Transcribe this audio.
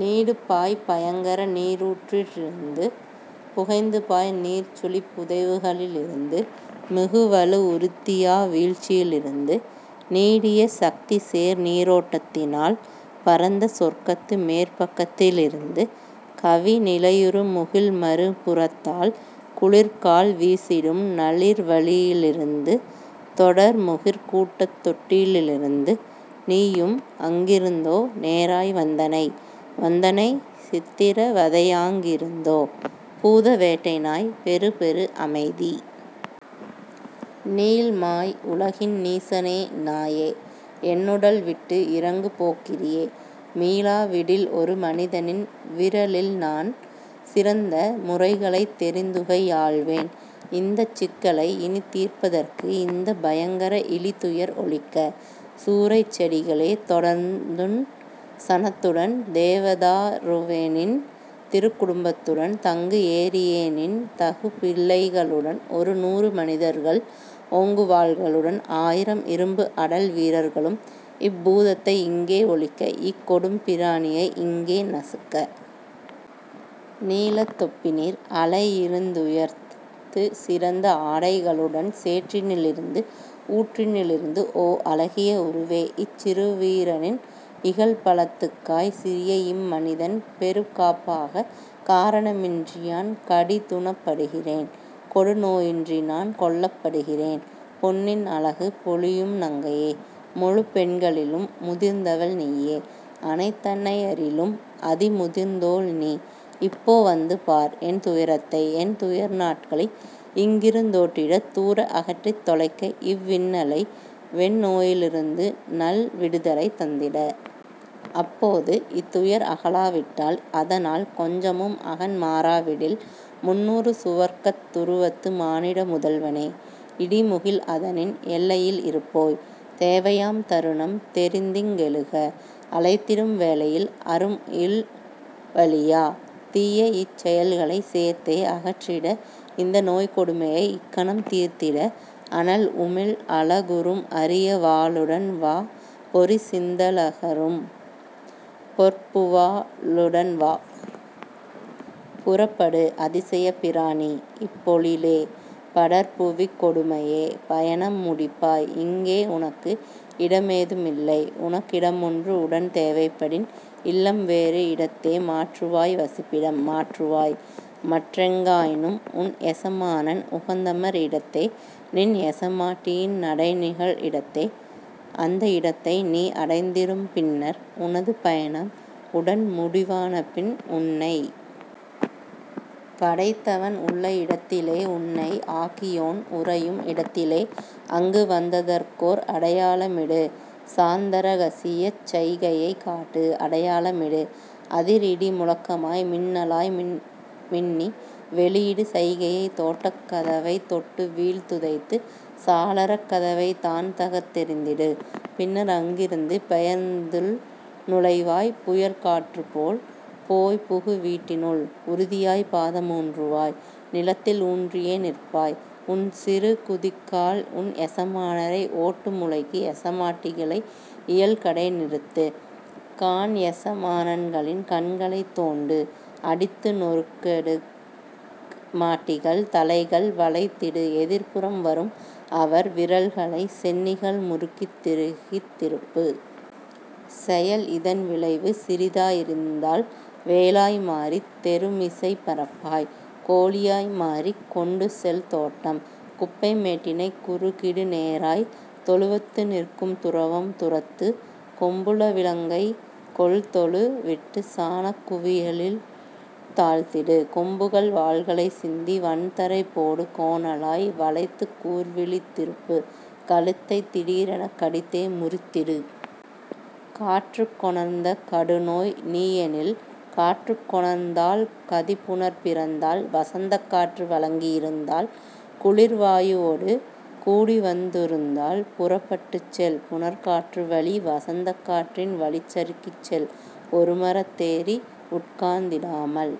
நீடுபாய்ப் பயங்கர நீரூற்றிருந்து புகைந்துபாய் நீர்ச்சுழிப் புதைவுகளிருந்து மிகுவலு உறுத்தியா வீழ்ச்சியிலிருந்து நீடிய சக்திசேர் நீரோட்டத்தினால் பரந்தசொர்க்கத்து மேற் பக்கத்திலிருந்து கவி நிலையுறு முகில்மறு புறத்தால் குளிர்கால் வீசிடும் நளிர்வழியிலிருந்து தொடர்முகிற் கூட்டத் தொட்டிலிலிருந்து. நீயும் அங்கிருந்தோ நேராய் வந்தனை? வந்தனை சித்திர வதையாங்கிருந்தோ? பூத வேட்டைநாய் பெறுபெறு அமைதி! நீள்மாய் உலகின் நீசனே நாயே! என்னுடல் விட்டு இறங்குபோக்கிரியே! மீளா விடில்ஒரு மனிதனின் விறலில்நான் சிறந்த முறைகளைத் தெரிந்துகை யாழ்வேன் இந்தச் சிக்கலை இனித்தீர்ப்பதற்கு இந்தப் பயங்கர இழிதுயர் ஒழிக்க. சூரைச் செடிகளே தொடர்நும் சனத்துடன் தேவதாருவேநின் திருக்குடும்பத்துடன் தங்குஏரியேநின் தகுபிள்ளைகளுடன் ஒருநூறு மனிதர்கள் ஓங்குவாள்களுடன் ஆயிரம் இரும்பு அடல் வீரர்களும் இப்பூதத்தை இங்கே ஒழிக்க இக்கொடும் பிராணியை இங்கே நசுக்க. நீலத் தொப்பிநீர் அலையிருந்துயர்த்து சிறந்த ஆடைகளுடன் சேற்றினிலிருந்து ஊற்றினிலிருந்துஓ அழகிய உருவே! இச்சிறு வீரனின் இகல்பலத்துக்காய் சிறியஇம் மனிதன் பெறுகாப்பாக காரணமின்றியான் கடிதுணப்படுகிறேன் கொடுநோயின்றிநான் கொல்லப்படுகிறேன். பொன்னின் அழகு பொலியும் நங்கையே! முழுப்பெண்களிலும் முதிர்ந்தவள் நீயே! அனைத்தன்னையரிலும் அதிமுதிர்ந்தோள்நீ! இப்போ வந்துபார் என்துயரத்தை என்துயர் நாட்களைஇங்கிருந்தோட்டிட தூர அகற்றித் தொலைக்கஇவ் வின்னலை வெந்நோயிலிருந்துநல் விடுதலை தந்திட. அப்போது இத்துயர் அகலா விட்டால் அதனால் கொஞ்சமும் அகன்மாறாவிடில் முந்நூறு சுவர்க்கத் துருவத்து மானிட முதல்வனே! இடிமுகில் அதனின் எல்லையில் இருப்போய்! தேவையாம் தருணம் தெரிந்திங் கெழுக! அழைத்திடும் வேளையில் அரும்இவ் வழிவா! தீயஇச் செயல்களைச் சேர்த்தே அகற்றிட இந்தநோய்க் கொடுமையை இக்கணம் தீர்த்திட அனல்உமிழ் அலகுறும் அரியவாளுடன்வா பொறிசிந்தலகுறும் பொற்புவாளுடன்வா. புறப்படு அதிசயப்பிராணி இப்பொழிலே படர்புவிக் கொடுமையே பயணம் முடிப்பாய் இங்கே உனக்கு இடமெதுமில்லை உனக்கிடமொன்று உடன்தேவைப்படின் இல்லம் வேறு இடத்தே மாற்றுவாய் வசிப்பிடம் மாற்றுவாய் மற்றெங்காயினும் உன்எசமானன் உகந்தமர் இடத்தே நின்எசமாட்டியின் நடைநிகழ் இடத்தே. அந்த இடத்தைநீ அடைந்திடும் பின்னர் உனது பயணம் உடன்முடிவானபின் உன்னைப் படைத்தவன் உள்ள இடத்திலே உன்னை ஆக்கியோன் உறையும் இடத்திலே அங்குவந்ததற்கோர் அடையாளமிடு சார்ந்தரகசியச் சைகையைக் காட்டு அடையாளமிடு அதிர்இடி முழக்கமாய் மின்னலாய் மின்னி வெளியிடு சைகையை தோட்டக் கதவைத் தொட்டுவீழ்த்துதைத்து சாளரக் கதவைத் தான்தகர்த் தெறிந்திடு பின்னர்அங்கிருந்து பெயர்ந்துள் நுழைவாய் புயற்காற்றுப்போல் போய்ப்புகு வீட்டினுள் உறுதியாய்ப் பாதம் ஊன்றுவாய் நிலத்தில் ஊன்றியே நிற்பாய் உன்சிறு குதிக்கால் உன்எசமானரை ஓட்டுமூலைக்கு எசமாட்டிகளை இயல்கடை நிறுத்து காண்எசமான்களின் கண்களைத் தோண்டு அடித்து நொருக்கெச மாட்டிகள் தலைகள் வளைத்திடு எதிர்ப்புறம் வரும்அவர் விரல்களை சென்னிகள் முறுக்கித் திருகித் திருப்பு. செயல்இதன் விளைவு சிறிதாய் இருந்தால் வேலாய் மாறித் தெருமிசைப் பறப்பாய் கோழியாய் மாறிக் கொண்டுசெல் தோட்டம் குப்பை மேட்டினைக் குறுகிடு நேராய் தொழுவத்து நிற்கும் துரவம் துரத்து கொம்புள விலங்கைக் கொள்தொழு விட்டு சாணக் குவியலில் தாழ்த்திடு கொம்புகள் வால்களைச் சிந்தி வன்தரை போடு கோணலாய் வளைத்துக் கூர்விழி திருப்பு கழுத்தைத் திடீரெனக் கடிதே முறித்திடு. காற்றுக் கொணர்ந்த கடுநோய் நீயெனில் காற்று கொணர்ந்தால் கதிபுனற் பிறந்தால் வசந்தக் காற்று வழங்கி இருந்தால் குளிர்வாயுவொடு கூடிவந்துருந்தால் புறப்பட்டுச்செல் புணர்காற்றுவழி வசந்தக் காற்றின் வழிசறுக்கிச்செல் ஒருமரத் தேறி உட்கார்ந்திடாமல்